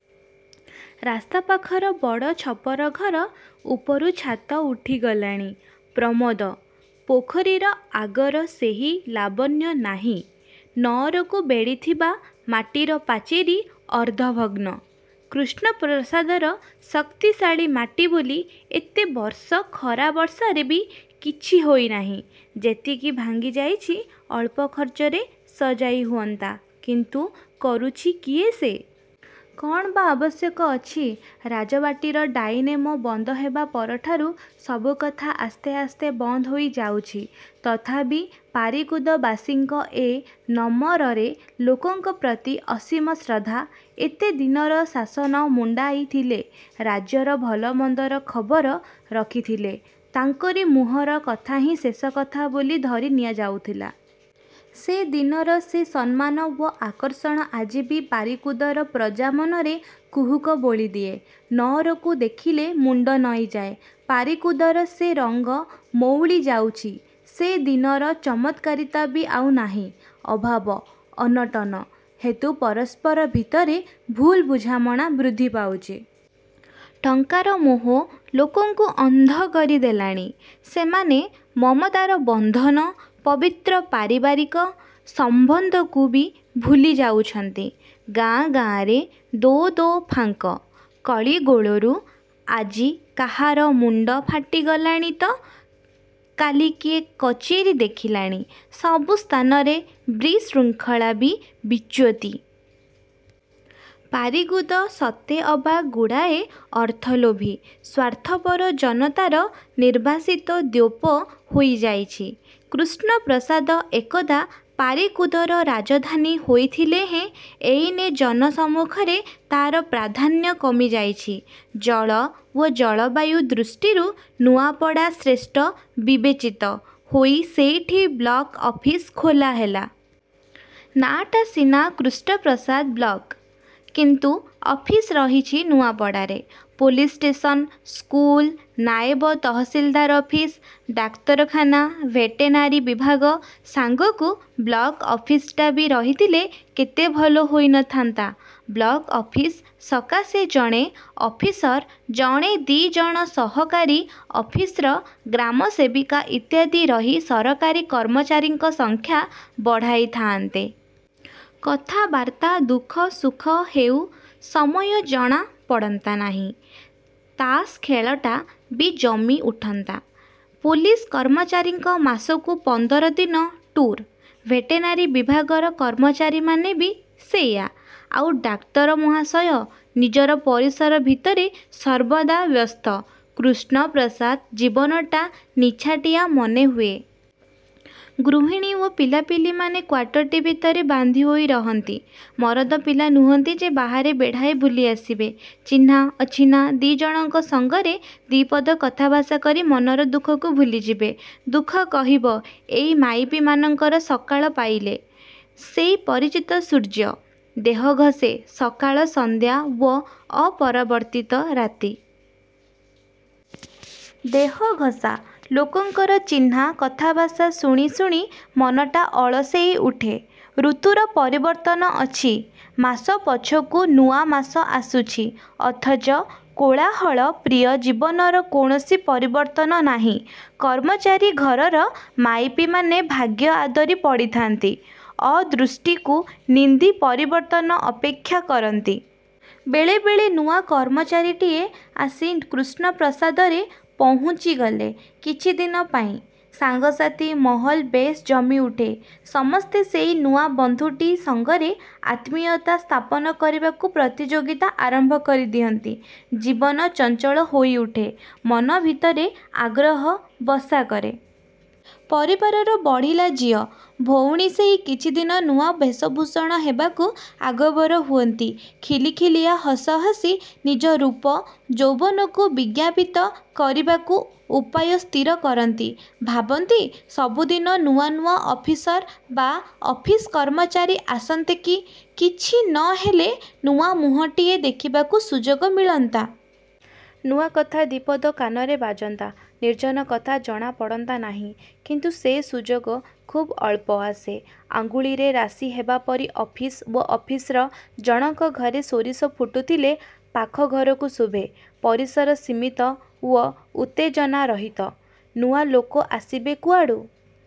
ରାସ୍ତା ପାଖର ବଡ଼ ଛପର ଘର ଉପରୁ ଛାତ ଉଠିଗଲାଣି। ପ୍ରମୋଦ–ପୋଖରୀର ଆଗର ସେହି ଲାବଣ୍ୟ ନାହିଁ। ନଅରକୁ ବେଢ଼ିଥିବା ମାଟିର ପାଚେରୀ ଅର୍ଦ୍ଧଭଗ୍ନ। କୃଷ୍ଣପ୍ରସାଦର ଶକ୍ତିଶାଳୀ ମାଟି ବୋଲି ଏତେ ବର୍ଷ ଖରା ବର୍ଷାରେ ବି କିଛି ହୋଇ ନାହିଁ। ଯେତିକି ଭାଙ୍ଗିଯାଇଛି, ଅଳ୍ପ ଖର୍ଚ୍ଚରେ ସଜାଇ ହୁଅନ୍ତା; କିନ୍ତୁ କରୁଛି କିଏ ସେ? କଣ ବା ଆବଶ୍ୟକ ଅଛି? ରାଜବାଟୀର ଡାଇନେମୋ ବନ୍ଦହେବା ପରଠାରୁ ସବୁକଥା ଆସ୍ତେ ଆସ୍ତେ ବନ୍ଦ ହୋଇ ଯାଉଛି। ତଥାପି ପାରିକୁଦବାସୀଙ୍କ ଏ ନମରରେ ଲୋକଙ୍କ ପ୍ରତି ଅସୀମ ଶ୍ରଦ୍ଧା। ଏତେ ଦିନର ଶାସନ ମୁଣ୍ଡାଇଥିଲେ, ରାଜ୍ୟର ଭଲ ମନ୍ଦର ଖବର ରଖିଥିଲେ ତାଙ୍କରି ମୁହଁର କଥାହିଁ ଶେଷ କଥା ବୋଲି ଧରି ନିଆଯାଉଥିଲା। ସେ ଦିନର ସେ ସମ୍ମାନ ଓ ଆକର୍ଷଣ ଆଜି ବି ପାରିକୁଦର ପ୍ରଜା ମନରେ କୁହୁକ ବୋଳିଦିଏ। ନଅରକୁ ଦେଖିଲେ ମୁଣ୍ଡ ନଇଁଯାଏ। ପାରିକୁଦର ସେ ରଙ୍ଗ ମଉଳିଯାଉଛି। ସେ ଦିନର ଚମତ୍କାରିତା ବି ଆଉ ନାହିଁ। ଅଭାବ, ଅନାଟନ ହେତୁ ପରସ୍ପର ଭିତରେ ଭୁଲ ବୁଝାମଣା ବୃଦ୍ଧିପାଉଛି। ଟଙ୍କାର ମୋହ ଲୋକଙ୍କୁ ଅନ୍ଧ କରି ଦେଲାଣି। ସେମାନେ ମମତାର ବନ୍ଧନ, ପବିତ୍ର ପାରିବାରିକ ସମ୍ୱନ୍ଧକୁ ବି ଭୁଲି ଯାଉଛନ୍ତି-। ଗାଁ, ଗାଁରେ ଦୋ ଦୋ ଫାଙ୍କ। କଳିଗୋଳରୁ ଆଜି କାହାର ମୁଣ୍ଡ ଫାଟିଲାଣିତ କାଲି କିଏ କଚେରୀ ଦେଖିଲାଣି। ସବୁ ସ୍ଥାନରେ ବିଶୃଙ୍ଖଳା ଓ ବିଚ୍ୟୁତି। ପାରିକୁଦ ସତେ ଅବା ଗୁଡ଼ାଏ ଅର୍ଥଲୋଭୀ, ସ୍ୱାର୍ଥପର ଜନତାର ନିର୍ବାସିତ ଦ୍ୱୀପ ହୋଇଯାଇଛି। କୃଷ୍ଣପ୍ରସାଦ ଏକଦା ପାରିକୁଦର ରାଜଧାନୀ ହୋଇଥିଲେ ହେଁ ଏଇନେ ଜନ ସମ୍ମୁଖରେ ତା'ର ପ୍ରାଧାନ୍ୟ କମିଯାଇଛି। ଜଳ ଓ ଜଳବାୟୁ ଦୃଷ୍ଟିରୁ ନୂଆପଡ଼ା ଶ୍ରେଷ୍ଠ ବିବେଚିତ ହୋଇ ସେଇଠି ବ୍ଲକ ଅଫିସ ଖୋଲା ହେଲା। ନାଁଟା ସିନା 'କୃଷ୍ଣପ୍ରସାଦ ବ୍ଲକ'; କିନ୍ତୁ ଅଫିସ ରହିଛି ନୂଆପଡ଼ାରେ। Police station, school, naib tahsildar office, ଡାକ୍ତରଖାନା, ଭେଟେନାରୀ ବିଭାଗ ସାଙ୍ଗକୁ ବ୍ଲକ ଅଫିସଟା ବି ରହିଥିଲେ କେତେ ଭଲ ହୋଇ ନ ଥାନ୍ତା। ବ୍ଲକ୍ଅଫିସ ସକାଶେ ଜଣେ ଅଫିସର, ଜଣେ ଦି' ଜଣ ସହକାରୀ ଅଫିସର, ଗ୍ରାମସେବିକା ଇତ୍ୟାଦି ରହି ସରକାରୀ କର୍ମଚାରୀଙ୍କ ସଂଖ୍ୟା ବଢ଼ାଇ ଥାଆନ୍ତେ। କଥାବାର୍ତ୍ତା, ଦୁଃଖ ସୁଖ ହେଉ ସମୟ ଜଣାପଡ଼ନ୍ତା ନାହିଁ। ତାସ ଖେଳଟା ବି ଜମି ଉଠନ୍ତା। ପୋଲିସ କର୍ମଚାରୀଙ୍କ ମାସକୁ ପନ୍ଦର ଦିନ ଟୁର୍। ଭେଟେନାରୀ ବିଭାଗର କର୍ମଚାରୀମାନେ ବି ସେଇୟା। ଆଉ ଡାକ୍ତର ମହାଶୟ ନିଜର ପରିସର ଭିତରେ ସର୍ବଦା ବ୍ୟସ୍ତ। କୃଷ୍ଣପ୍ରସାଦ ଜୀବନଟା ନିଛାଟିଆ ମନେହୁଏ। ଗୃହିଣୀ ଓ ପିଲାପିଲିମାନେ କ୍ୱାଟରଟି ଭିତରେ ବାନ୍ଧି ହୋଇ ରହନ୍ତି। ମରଦ ପିଲା ନୁହନ୍ତି ଯେ ବାହାରେ ବେଢ଼ାଏ ବୁଲି ଆସିବେ। ଚିହ୍ନା ଅଚିହ୍ନା ଦି'ଜଣଙ୍କ ସଙ୍ଗରେ ଦି'ପଦ କଥାଭାଷା କରି ମନର ଦୁଃଖକୁ ଭୁଲିଯିବେ। ଦୁଃଖ କହିବ, ଏଇ ମାଇପୀମାନଙ୍କର। ସକାଳ ପାହିଲେ। ସେଇ ପରିଚିତ ସୂର୍ଯ୍ୟ, ଦେହଘଷେ ସକାଳ ସନ୍ଧ୍ୟା ଓ ଅପରିବର୍ତ୍ତିତ ରାତି। ଦେହଘଷା ଲୋକଙ୍କର ଚିହ୍ନା କଥାଭାଷା ଶୁଣି ଶୁଣି ମନଟା ଅଳସେଇ ଉଠେ-। ଋତୁର ପରିବର୍ତ୍ତନ ଅଛି, ମାସ ପଛକୁ ନୂଆ ମାସ ଆସୁଛି। ଅଥଚ କୋଳାହଳ ପ୍ରିୟ ଜୀବନର କୌଣସି ପରିବର୍ତ୍ତନ ନାହିଁ। କର୍ମଚାରୀ ଘରର ମାଇପୀମାନେ ଭାଗ୍ୟ ଆଦରି ପଡ଼ିଥାନ୍ତି-। ଅଦୃଷ୍ଟକୁ ନିନ୍ଦି ପରିବର୍ତ୍ତନ ଅପେକ୍ଷା କରନ୍ତି। ବେଳେ ବେଳେ ନୂଆ କର୍ମଚାରୀଟିଏ ଆସି କୃଷ୍ଣପ୍ରସାଦରେ ପହୁଞ୍ଚିଗଲେ କିଛିଦିନପାଇଁ ସାଙ୍ଗସାଥି ମହଲ ବେଶ୍ ଜମି ଉଠେ। ସମସ୍ତେ ସେହି ନୂଆ ବନ୍ଧୁଟି ସଙ୍ଗରେ ଆତ୍ମୀୟତା ସ୍ଥାପନ କରିବାକୁ ପ୍ରତିଯୋଗିତା ଆରମ୍ଭ କରି ଦିଅନ୍ତି। ଜୀବନ, ଚଞ୍ଚଳ ହୋଇଉଠେ। ମନ ଭିତରେ ଆଗ୍ରହ ବସା କରେ। ପରିବାରର ବଢ଼ିଲା ଝିଅ, ଭଉଣୀ ସେଇ କିଛିଦିନ ନୂଆ ବେଶଭୂଷଣ ହେବାକୁ ଆଗଭର ହୁଅନ୍ତି। ଖିଲିଖିଲିଆ ହସ ହସି ନିଜ ରୂପ ଯୌବନକୁ ବିଜ୍ଞାପିତ କରିବାକୁ ଉପାୟ ସ୍ଥିର କରନ୍ତି। ଭାବନ୍ତି, ସବୁଦିନ ନୂଆ ନୂଆ ଅଫିସର ବା ଅଫିସ କର୍ମଚାରୀ ଆସନ୍ତେ କି! କିଛି ନ ହେଲେ, ନୂଆ ମୁହଁଟିଏ ଦେଖିବାକୁ ସୁଯୋଗ ମିଳନ୍ତା। ନୂଆ କଥା ଦି'ପଦ କାନରେ ବାଜନ୍ତା। ନିର୍ଜନ କଥା ଜଣା ପଡ଼ନ୍ତାନାହିଁ। କିନ୍ତୁ ସେ ସୁଯୋଗ ଖୁବ୍ ଅଳ୍ପ ଆସେ। ଅଙ୍ଗୁଳୀରେ ରାଶି ହେବା ପରି ଅଫିସ ଓ ଅଫିସର। ଜଣକ ଘରେ ସୋରିଷ ଫୁଟୁଥିଲେ ପାଖଘରକୁ ଶୁଭେ। ପରିସର ସୀମିତ ଓ ଉତ୍ତେଜନା–ରହିତ। ନୂଆ ଲୋକ ଆସିବେ କୁଆଡ଼ୁ?